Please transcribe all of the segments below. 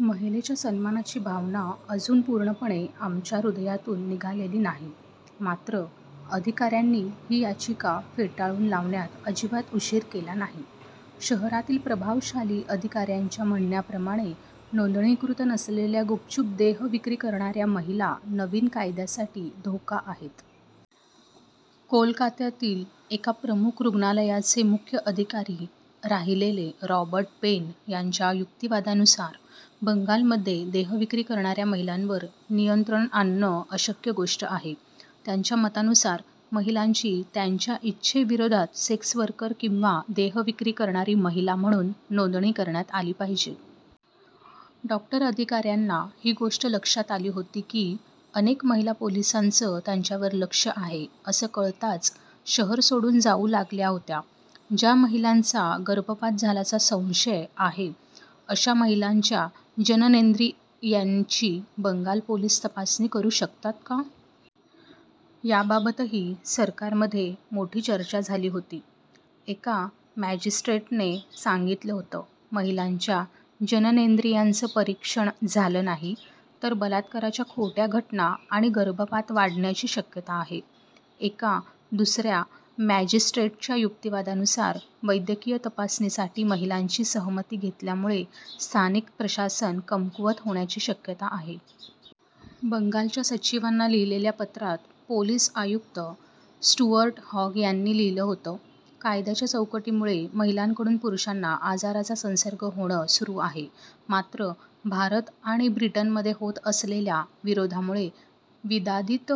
महिलेच्या सन्मानाची भावना अजून पूर्णपणे आमच्या हृदयातून निघालेली नाही. मात्र अधिकाऱ्यांनी ही याचिका फेटाळून लावण्यात अजिबात उशीर केला नाही. शहरातील प्रभावशाली अधिकाऱ्यांच्या म्हणण्याप्रमाणे नोंदणीकृत नसलेल्या गुपचूप देहविक्री करणाऱ्या महिला नवीन कायद्यासाठी धोका आहेत. कोलकात्यातील एका प्रमुख रुग्णालयाचे मुख्य अधिकारी राहिलेले रॉबर्ट पेन यांच्या युक्तिवादानुसार, बंगालमध्ये देहविक्री करणाऱ्या महिलांवर नियंत्रण आणणं अशक्य गोष्ट आहे. त्यांच्या मतानुसार, महिलांची त्यांच्या इच्छेविरोधात सेक्स वर्कर किंवा देहविक्री करणारी महिला म्हणून नोंदणी करण्यात आली पाहिजे. डॉ. अधिकाऱ्यांना ही गोष्ट लक्षात आली होती की अनेक महिला पोलिसांच त्यांच्यावर लक्ष आहे असं कळताच शहर सोडून जाऊ लागल्या होत्या. ज्या महिलांचा गर्भपात झाल्याचा संशय आहे. अशा महिलांच्या जननेंद्रियांची बंगाल पोलीस तपासणी करू शकतात का? याबाबतही सरकारमध्ये मोठी चर्चा झाली होती. एका मॅजिस्ट्रेटने सांगितलं होतं, महिलांच्या जननेंद्रियांचं परीक्षण झालं नाही, तर बलात्काराच्या खोट्या घटना आणि गर्भपात वाढण्याची शक्यता आहे. एका दुसऱ्या मॅजिस्ट्रेटच्या युक्तिवादानुसार, वैद्यकीय तपासणीसाठी महिलांची सहमती घेतल्यामुळे स्थानिक प्रशासन कमकुवत होण्याची शक्यता आहे. बंगालच्या सचिवांना लिहिलेल्या पत्रात, पोलीस आयुक्त स्टुअर्ट हॉग यांनी लिहिलं होतं, कायद्याच्या चौकटीमुळे महिलांकडून पुरुषांना आजाराचा संसर्ग होणं सुरू आहे. मात्र, भारत आणि ब्रिटनमध्ये होत असलेल्या विरोधामुळे विवादित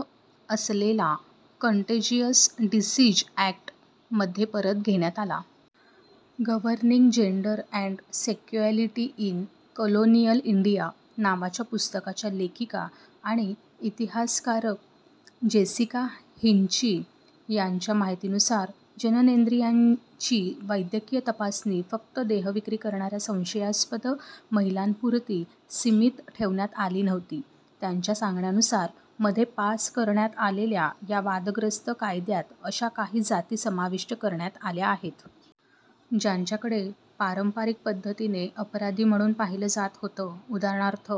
असलेला कंटेंजिअस डिसिज अॅक्ट मध्ये परत घेण्यात आला. 'Governing gender and sexuality in colonial India' नावाच्या पुस्तकाच्या लेखिका आणि इतिहासकार जेसिका हिंची यांच्या माहितीनुसार जननेंद्रियांची वैद्यकीय तपासणी फक्त देहविक्री करणाऱ्या संशयास्पद महिलांपुरती सिमित ठेवण्यात आली नव्हती. त्यांच्या सांगण्यानुसार, मध्ये पास करण्यात आलेल्या या वादग्रस्त कायद्यात अशा काही जाती समाविष्ट करण्यात आल्या होत्या. ज्यांच्याकडे पारंपारिक पद्धतीने अपराधी म्हणून पाहिलं जात होतं. उदाहरणार्थ,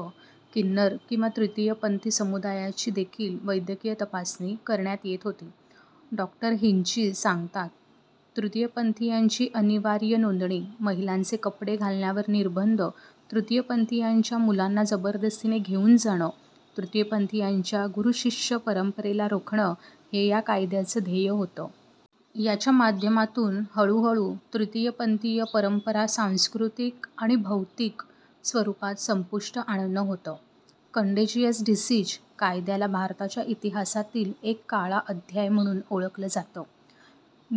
किन्नर किंवा तृतीयपंथी समुदायाची देखील वैद्यकीय तपासणी करण्यात येत होती. डॉ हिंची सांगतात तृतीयपंथीयांची अनिवार्य नोंदणी, महिलांचे कपडे घालण्यावर निर्बंध तृतीयपंथीयांच्या मुलांना जबरदस्तीने घेऊन जाणं, तृतीयपंथीयांच्या गुरू-शिष्य परंपरेला रोखणं हे या कायद्याचं ध्येय होतं. याच्या माध्यमातून हळूहळू तृतीयपंथीय परंपरा सांस्कृतिक आणि भौतिक स्वरूपात संपुष्टात आणणं होतं. कंटेजिअस डिसीज कायद्याला भारताच्या इतिहासातील एक काळा अध्याय म्हणून ओळखलं जातं.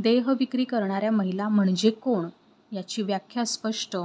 देहविक्री करणाऱ्या महिला म्हणजे कोण? याची व्याख्या स्पष्ट